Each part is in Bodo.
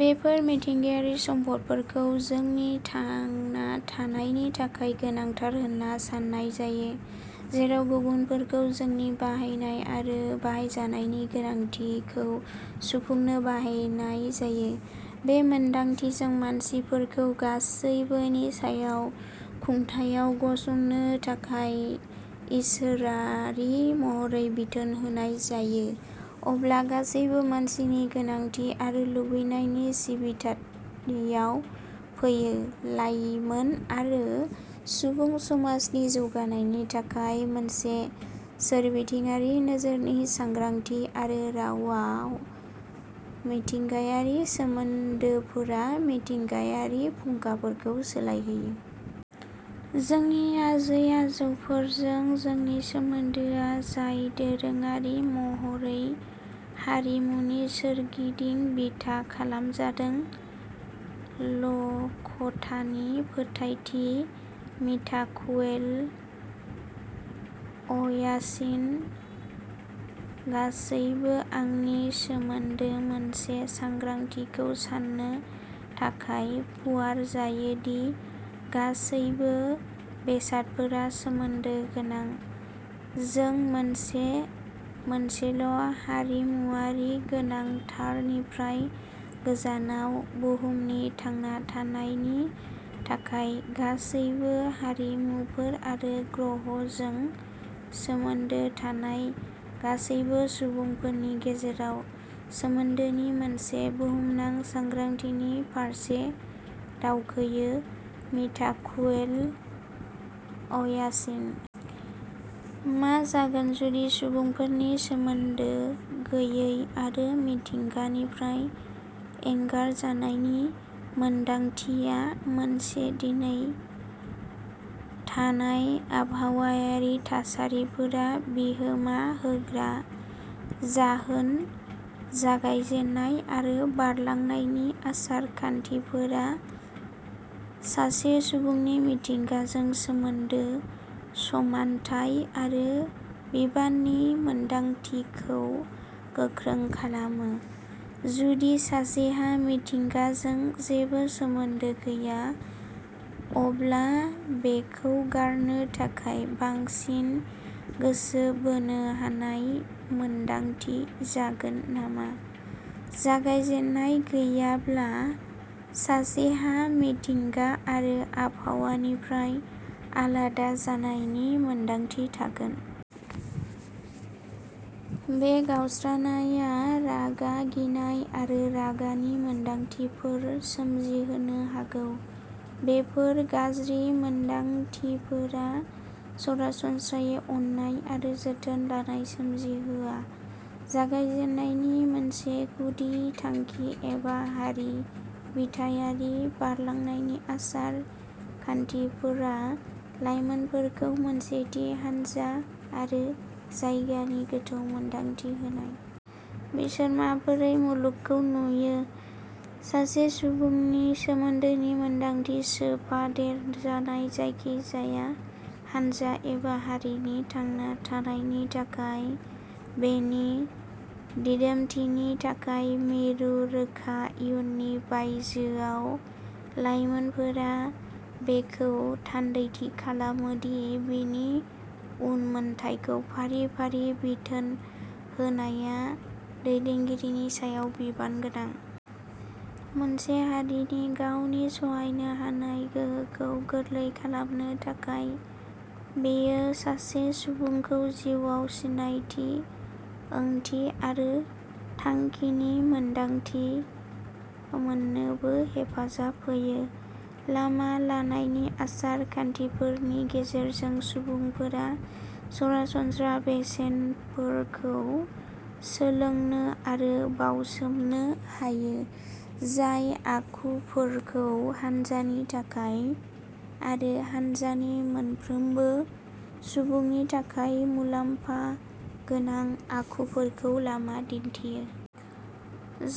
बेफोर मिथिंगायारि सम्फदफोरखौ जोंनि थांना थानायनि थाखाय गोनांथार होन्ना सान्नाय जायो, जेराव गुबुनफोरखौ जोंनि बाहायनाय आरो बाहायजानायनि गोनांथिखौ सुफुंनो बाहायनाय जायो। बे मोनदांथिजों, मानसिफोरखौ गासैबोनि सायाव खुंथाइआव गसंनो थाखाय इसोरारि महरै बिथोन होनाय जायो, अब्ला गासैबो मानसिनि गोनांथि आरो लुबैनायनि सिबिथायाव फैयो लायमोन आरो सुबुं समाजनि जौगानायनि थाखाय मोनसे सोरबिथिङारि नोजोरनि सांग्रांथि आरो रावाव मिथिंगायारि सोमोन्दोफोरा मिथिंगायारि फुंखाफोरखौ सोलायहोयो। जोंनि आजै-आजौफोरजों जोंनि सोमोन्दोआ जाय दोरोङारि महरै हारिमुनि सोरगिदिं बिथा खालामजादों, लकटानि फोथायथि मिताकुये ओयासिन गासैबो आंनि सोमोन्दो मोनसे सांग्रांथिखौ सान्नो थाखाय फुवारजायो दि गासैबो बेसादफोरा सोमोन्दो गोनां। जों मोनसे मोनसेल'हारिमुआरि गोनांथारनिफ्राय गोजानाव बुहुमनि थांना थानायनि थाखाय गासैबो हारिमुफोर आरो ग्रहजों सोमोन्दो थानाय गासैबो सुबुंफोरनि गेजेराव सोमोन्दोनि मोनसे बुहुमनां सांग्रांथिनि फारसे दावखोयो, मिताकुये ओयासिन। मा जागोन जुदि सुबुंफोरनि सोमोन्दो गैयै आरो मिथिंगानिफ्राय एंगारजानायनि मोनदांथिया मोनसे दिनै थानाय आबहावायारि थासारिफोराव बिहोमा होग्रा जाहोन जागायजेननाय आरो बारलांनायनि आसार-खान्थिफोरा सासे सुबुंनि मिथिंगाजों सोमोन्दो, समानथाय आरो बिबाननि मोनदांथिखौ गोख्रों खालामो। जुदि सासेहा मिथिंगाजों जेबो सोमोन्दो गैया, अब्ला बेखौ गारनो थाखाय बांसिन गोसो बोनो हानाय मोन्दांथि जागोन नामा जागायजेननाय गैयाब्ला सासेहा मिथिंगा आरो आबहावानिफ्राय आलादा जानायनि मोनदांथि थागोन। बे गावस्रानायआ रागा, गिनाय आरो रागानि मोनदांथिफोर सोमजिहोनो हागौ। बेफोर गाज्रि मोनदांथिफोरा सरासनस्रायै अननाय आरो जोथोन लानाय सोमजिहोआ। जागायजेन्नायनि मोनसे गुदि थांखि एबा हारि बिथायारि बारलांनायनि आसार-खान्थिफोरा, लाइमोनफोरखौ मोनसे थि हानजा आरो जायगानि गोथौ मोनदांथि होनाय। बिसोरो माबोरै मुलुगखौ नुयो। सासे सुबुंनि सोमोन्दोनि मोनदांथि सोफादेरजानाय जायखिजाया हानजा एबा हारिनि थांना थानायनि थाखाय, बेनि दिदोमथिनि थाखाय मिरु। रोखा इयुननि बायजोआव, लाइमोनफोरा बेखौ थान्दैथि खालामो दि बिनि उनमोनथायखौ फारि-फारि बिथोन होनाया दैदेनगिरिनि सायाव बिबान गोनां। मोनसे हारिनि गावनि सहायनो हानाय गोहोखौ गोरलै खालामनो थाखाय। बेयो सासे सुबुंखौ जिउआव सिनायथि, ओंथि आरो थांखिनि मोनदांथि मोननोबो हेफाजाब होयो। लामा लानायनि आसार-खान्थिफोरनि गेजेरजों सुबुंफोरा सरासनस्रा बेसेनफोरखौ सोलोंनो आरो बाउसोमनो हायो, जाय आखुफोरखौ हान्जानि थाखाय आरो हान्जानि मोनफ्रोमबो सुबुंनि थाखाय मुलाम्फा गोनां आखुफोरखौ लामा दिन्थियो।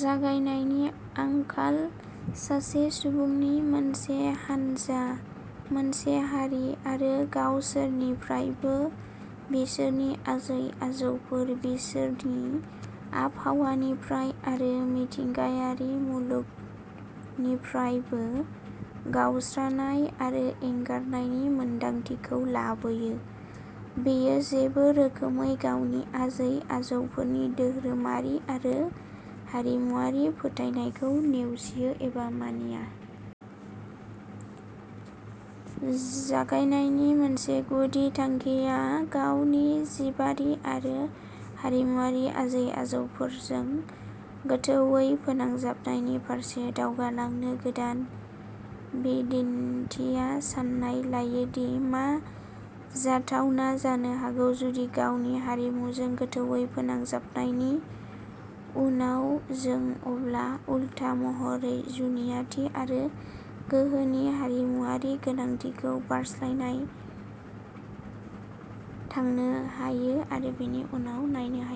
जागायनायनि आंखाल सासे सुबुंनि मोनसे हानजा, मोनसे हारि आरो गावसोरनिफ्रायबो, बिसोरनि आजै-आजौफोर, बिसोरनि आबहावानिफ्राय आरो मिथिंगायारि मुलुगनिफ्रायबो गावस्रानाय आरो एंगारनायनि मोनदांथिखौ लाबोयो। बेयो जेबो रोखोमै गावनि आजै-आजौफोरनि धोरोमारि आरो हारिमुआरि फोथायनायखौ नेवसियो एबा मानिया। जागायनायनि मोनसे गुदि थांखिया गावनि जिबारि आरो हारिमुआरि आजै-आजौफोरजों गोथौवै फोनांजाबनायनि फारसे दावगालांनो। गोदान बिदिनथिया सान्ना लायो दि मा जाथावना जानो हागौ जुदि गावनि हारिमुजों गोथौवै फोनांजाबनायनि उनाव जों अब्ला, उल्था महरै, जुनियाथि आरो गोहोनि हारिमुआरि गोनांथिखौ बारस्लायना थांनो हायो आरो बेनि उनाव नायनो हायो।